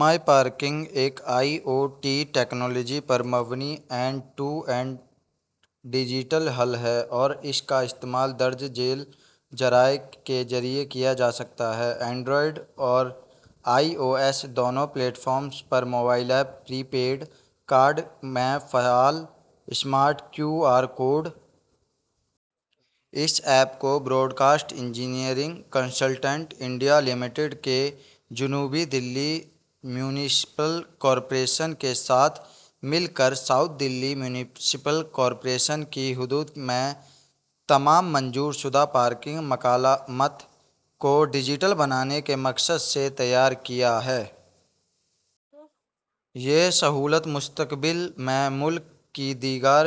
مائی parkings ایک I O T technology پر مبنی اینڈ ٹو اینڈ ڈیجیٹل حل ہے اور اس کا استعمال درج ذیل ذرائع کے ذریعے کیا جا سکتا ہے۔ اینڈرائیڈ اور آئی او ایس دونوں پلیٹ فارمز پر mobile app, prepaid card سے فعال اسمارٹ کیو آر کوڈ۔ اس ایپ کو broadcast engineering consultants India limited نے جنوبی دہلی میونسپل کارپوریشن کے ساتھ مل کر ساؤتھ دہلی میونسپل کارپوریشن کی حدود میں تمام منظور شدہ پارکنگ مقامات کو ڈیجیٹل بنانے کے مقصد سے تیار کیا ہے۔ یہ سہولت مستقبل میں ملک کی دیگر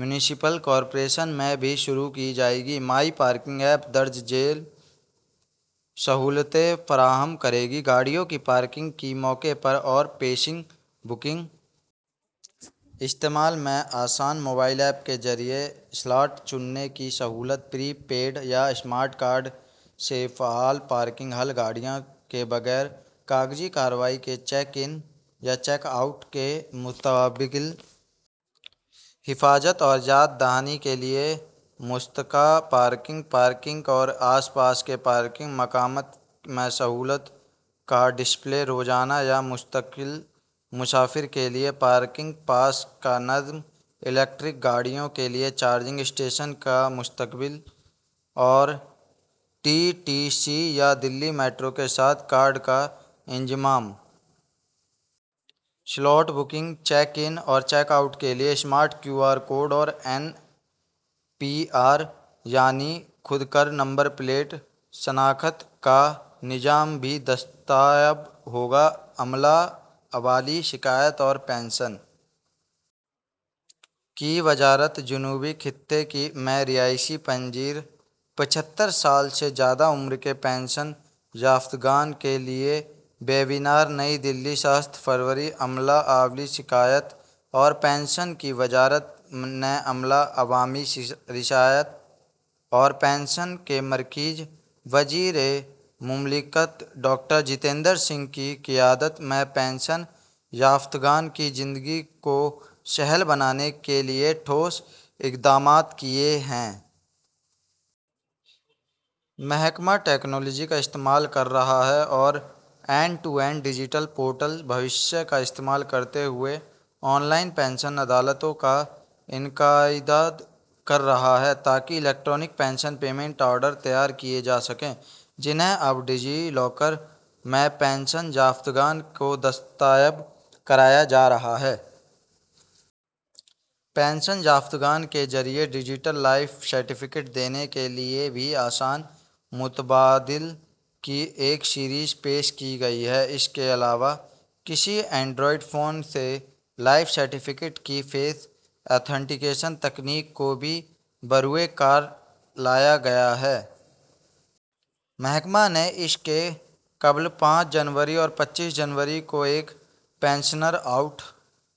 میونسپل کارپوریشنز میں بھی شروع کی جائے گی۔ مائی پارکنگس ایپ درج ذیل سہولتیں فراہم کرے گی۔ گاڑیوں کی پارکنگ کی موقع پر اور پیشگی بکنگ، استعمال میں آسان موبائل ایپ کے ذریعے سلاٹ چننے کی سہولت، پری پیڈ یا اسمارٹ کارڈ سے فعال پارکنگ حل، گاڑیوں کے بغیر کاغذی کارروائی کے چیک اِن اور چیک آؤٹ کا متبادل، حفاظت اور یاد دہانی کے لیے مشترکہ پارکنگ، پارکنگ اور آس پاس کے پارکنگ مقامات میں سہولتوں کا ڈسپلے، روزانہ یا مستقل مسافروں کے لیے پارکنگ پاس کا نظم، الیکٹرک گاڑیوں کے لیے چارجنگ اسٹیشن کا متبادل، اور ڈی ٹی سی یا دہلی میٹرو کے ساتھ کارڈ کا انضمام۔ سلاٹ بکنگ، چیک اِن اور چیک آؤٹ کے لیے اسمارٹ کیو آر کوڈ اور اے این پی آر، یعنی خودکار نمبر پلیٹ شناخت کا نظام بھی دستیاب ہوگا۔ عملہ، عوامی شکایات اور پنشن کی وزارت جنوبی خطے میں رہائش پذیر پچھتر سال سے زیادہ عمر کے پنشن یافتگان کے لیے ویبینار نئی دہلی، سترہ فروری: عملہ، عوامی شکایات اور پنشن کی وزارت نے عملہ، عوامی شکایات اور پنشن کے مرکزی وزیر مملکت ڈاکٹر جتیندر سنگھ کی قیادت میں پنشن یافتگان کی زندگی کو سہل بنانے کے لیے ٹھوس اقدامات کیے ہیں۔ محکمہ ٹیکنالوجی کا استعمال کر رہا ہے اور end to end digital portal Bhavishya کا استعمال کرتے ہوئے آن لائن پنشن عدالتوں کا انعقاد کر رہا ہے، تاکہ الیکٹرانک پنشن پیمنٹ آرڈر تیار کیے جا سکیں، جنہیں اب ڈیجی لاکر میں پنشن یافتگان کو دستیاب کرایا جا رہا ہے۔ پنشن یافتگان کے ذریعے ڈیجیٹل لائف سرٹیفکیٹ دینے کے لیے بھی آسان متبادل کی ایک سیریز پیش کی گئی ہے۔ اس کے علاوہ کسی اینڈرائیڈ فون سے لائف سرٹیفکیٹ کی فیس ایتھنٹیکیشن تکنیک کو بھی بروئے کار لایا گیا ہے۔ محکمہ نے اس سے قبل پانچ جنوری اور پچیس جنوری کو ایک پنشنر آؤٹ۔۔۔